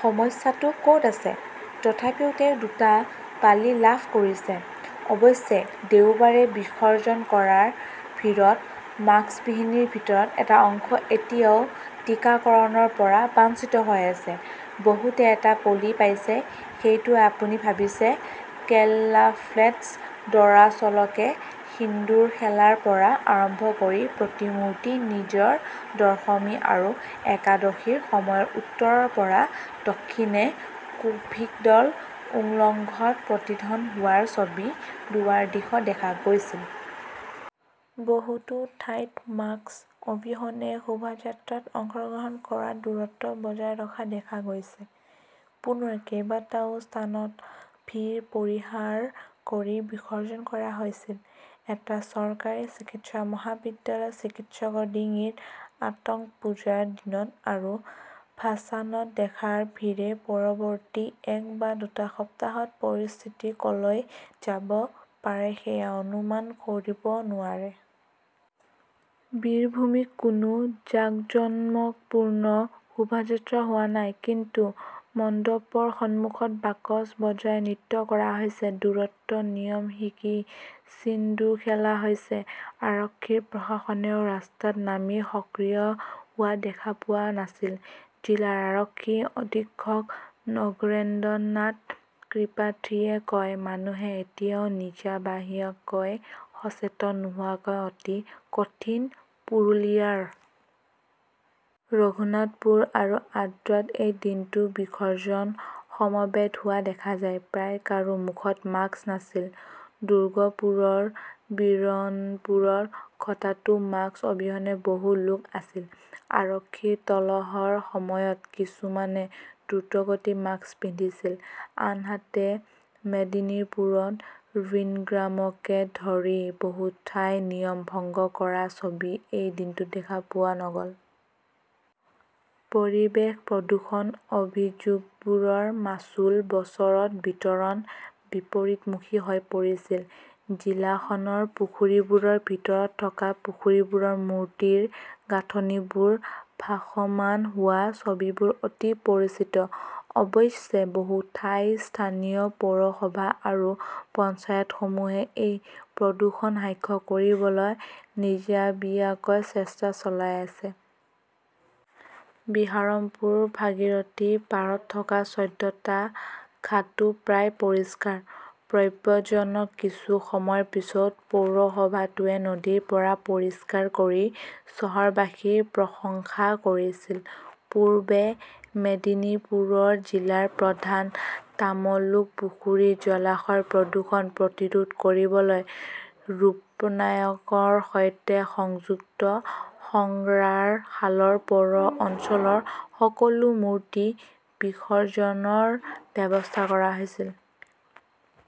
সমস্যাটো ক'ত আছে? তথাপিও তেওঁ দুটা পালি লাভ কৰিছে। অৱশ্যে, দেওবাৰে বিসৰ্জন কৰা ভিৰত মাস্কবিহীন ভিৰৰ এটা অংশ এতিয়াও টিকাকৰণৰ পৰা বাঞ্চিত হৈ আছে। বহুতে এটা পালি পাইছে, সেইটোৱেই আপুনি ভাবিছে কেল্লাফ্টে দৰাচলতে, সিন্দুৰখেলাৰ পৰা আৰম্ভ কৰি প্ৰতিমূৰ্তি নিৰ্জন দশমী আৰু একাদশীৰ সময়ত উত্তৰৰ পৰা দক্ষিণে কভিড উলংঘনৰ প্ৰতিধ্বনিত হোৱা ছবি দুৱাৰ্ষীত দেখা গৈছিল। বহুতো ঠাইত মাস্ক অবিহনে শোভাযাত্ৰাত অংশগ্ৰহণ কৰা, দূৰত্ব বজাই ৰখা দেখা গৈছে। পুনৰ কেইবাটাও স্থানত ভিৰ পৰিহাৰ কৰি বিসৰ্জন কৰা হৈছিল। এটা চৰকাৰী চিকিৎসা মহাবিদ্যালয়ৰ চিকিৎসকৰ ডিঙিৰ আতংক পূজাৰ দিনত আৰু ভাছানত দেখা ভিৰে পৰৱৰ্তী এক বা দুটা সপ্তাহত পৰিস্থিতি ক'লৈ যাব পাৰে সেয়া অনুমান কৰিব নোৱাৰে। বীৰভূমিত কোনো জাকজমকপূৰ্ণ শোভাযাত্ৰা হোৱা নাই, কিন্তু মণ্ডপৰ সন্মুখত বাকচ বজাই নৃত্য কৰা হৈছে, দূৰত্বৰ নিয়ম শিকি ছিন্দুৰ খেলা হৈছে। আৰক্ষী-প্ৰশাসনেও ৰাস্তাত নামি সক্ৰিয় হোৱা দেখা পোৱা নাছিল। জিলাৰ আৰক্ষী অধীক্ষক নগেন্দ্ৰনাথ ত্ৰিপাঠীয়ে কয়, মানুহে এতিয়াও নিজাববীয়াকৈ সচেতন নোহোৱাটো অতি কঠিন। পুৰুলিয়াৰ ৰঘুনাথপুৰ আৰু আদ্ৰাত এই দিনটোত বিসৰ্জন সমবেত হোৱা দেখা যায়। প্ৰায় কাৰো মুখত মাস্ক নাছিল। দুৰ্গাপুৰৰ বীৰনপুৰ ঘাটতো মাস্ক অবিহনে বহু লোক আহিছিল। আৰক্ষীৰ টহলৰ সময়ত কিছুমানে দ্ৰুতগতিত মাস্ক পিন্ধিছিল। আনহাতে, মেদিনীপুৰ, ঝাৰগ্ৰামকে ধৰি বহু ঠাইত নিয়ম ভংগ কৰাৰ ছবি এই দিনটোত দেখা পোৱা নগ'ল। পৰিৱেশ প্ৰদূষণৰ অভিযোগবোৰ মাচুল বছৰ বিতৰণ বিপৰীতমুখী হৈ পৰিছে। জিলাখনৰ পুখুৰীবোৰৰ ভিতৰত থকা পুখুৰীবোৰত মূৰ্তিৰ গাঁথনিবোৰ ভাসমান হোৱাৰ ছবিবোৰ অতি পৰিচিত। অৱশ্যে, বহু ঠাইত স্থানীয় পৌৰসভা আৰু পঞ্চায়তসমূহে এই প্ৰদূষণ হাস্য কৰিবলৈ নিজাববীয়াকৈ চেষ্টা চলাই আছে। বিহাৰমপুৰ, ভাগীৰথী পাৰত থকা চৈধ্যটা ঘাটও প্ৰায় পৰিষ্কাৰ। প্ৰব্ৰজনৰ কিছু সময়ৰ পিছতে পৌৰসভাটোৱে নদীৰ পাৰ পৰিষ্কাৰ কৰি চহৰবাসীৰ প্ৰশংসা কৰিছিল। পূৰ্বে মেদিনীপুৰৰ জিলা প্ৰধান তমলুক পুখুৰী-জলাশয়ত প্ৰদূষণ প্ৰতিৰোধ কৰিবলৈ ৰূপনাৰায়ণৰ সৈতে সংযুক্ত শংকৰাৰা খালত পৌৰ অঞ্চলৰ সকলো মূৰ্তি বিসৰ্জনৰ ব্যৱস্থা কৰা হৈছিল।